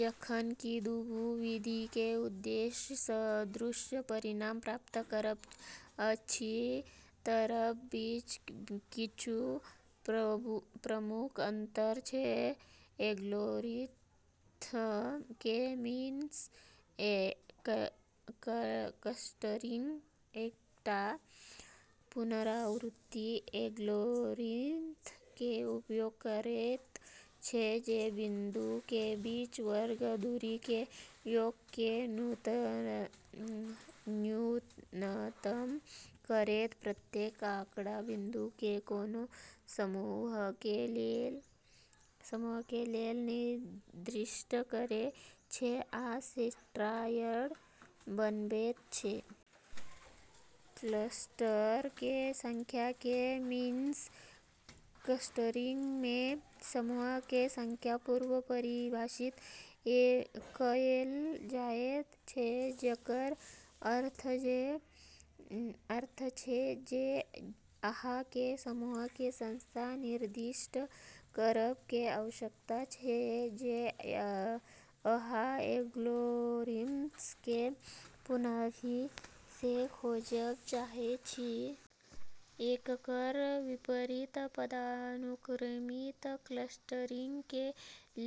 जखन कि दुनु विधि के उद्देश्य सदृश परिणाम प्राप्त करब अछि, तकर बीच किछु प्रमुख अंतर छै: एल्गोरिथ्म: के-मीन्स क्लस्टरिंग एकटा पुनरावृत्ति एल्गोरिथ्म के उपयोग करैत छै जे बिंदु के बीच वर्ग दूरी के योग के न्यूनतम करैत प्रत्येक आँकड़ा बिंदु के कोनो समूह के लेल निर्दिष्ट करैत छै आ सेंट्रायड बनबैत छै। क्लस्टर के संख्या: के-मीन्स क्लस्टरिंग में, समूह के संख्या पूर्व-परिभाषित कएल जाइत छै, जकर अर्थ छै जे अहाँ के समूह के संख्या निर्दिष्ट करब के आवश्यकता छै जे अहाँ एल्गोरिथ्म के पूर्वहि सँ खोजब चाहै छी। एककर विपरीत, पदानुक्रमित क्लस्टरिंग के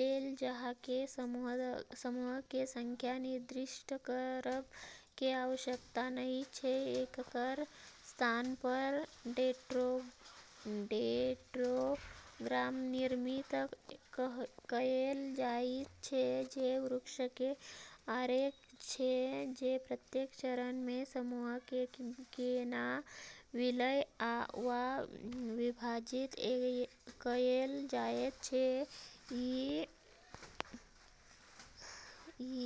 लेल अहाँ के समूह के संख्या निर्दिष्ट करब के आवश्यकता नहि छै। एककर स्थान पर डेंड्रोग्राम निर्मित कएल जाइत छै, जे वृक्ष के आरेख छै जे प्रत्येक चरण में समूह के केना विलय वा विभाजित कएल जाइत छै, ई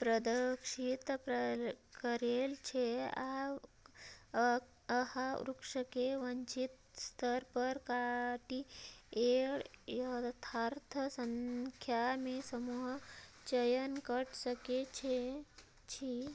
प्रदर्शित करैत छै, आ अहाँ वृक्ष के वांछित स्तर पर काटि कऽ यथार्थ संख्या मे समूह चयन कऽ सकै छी।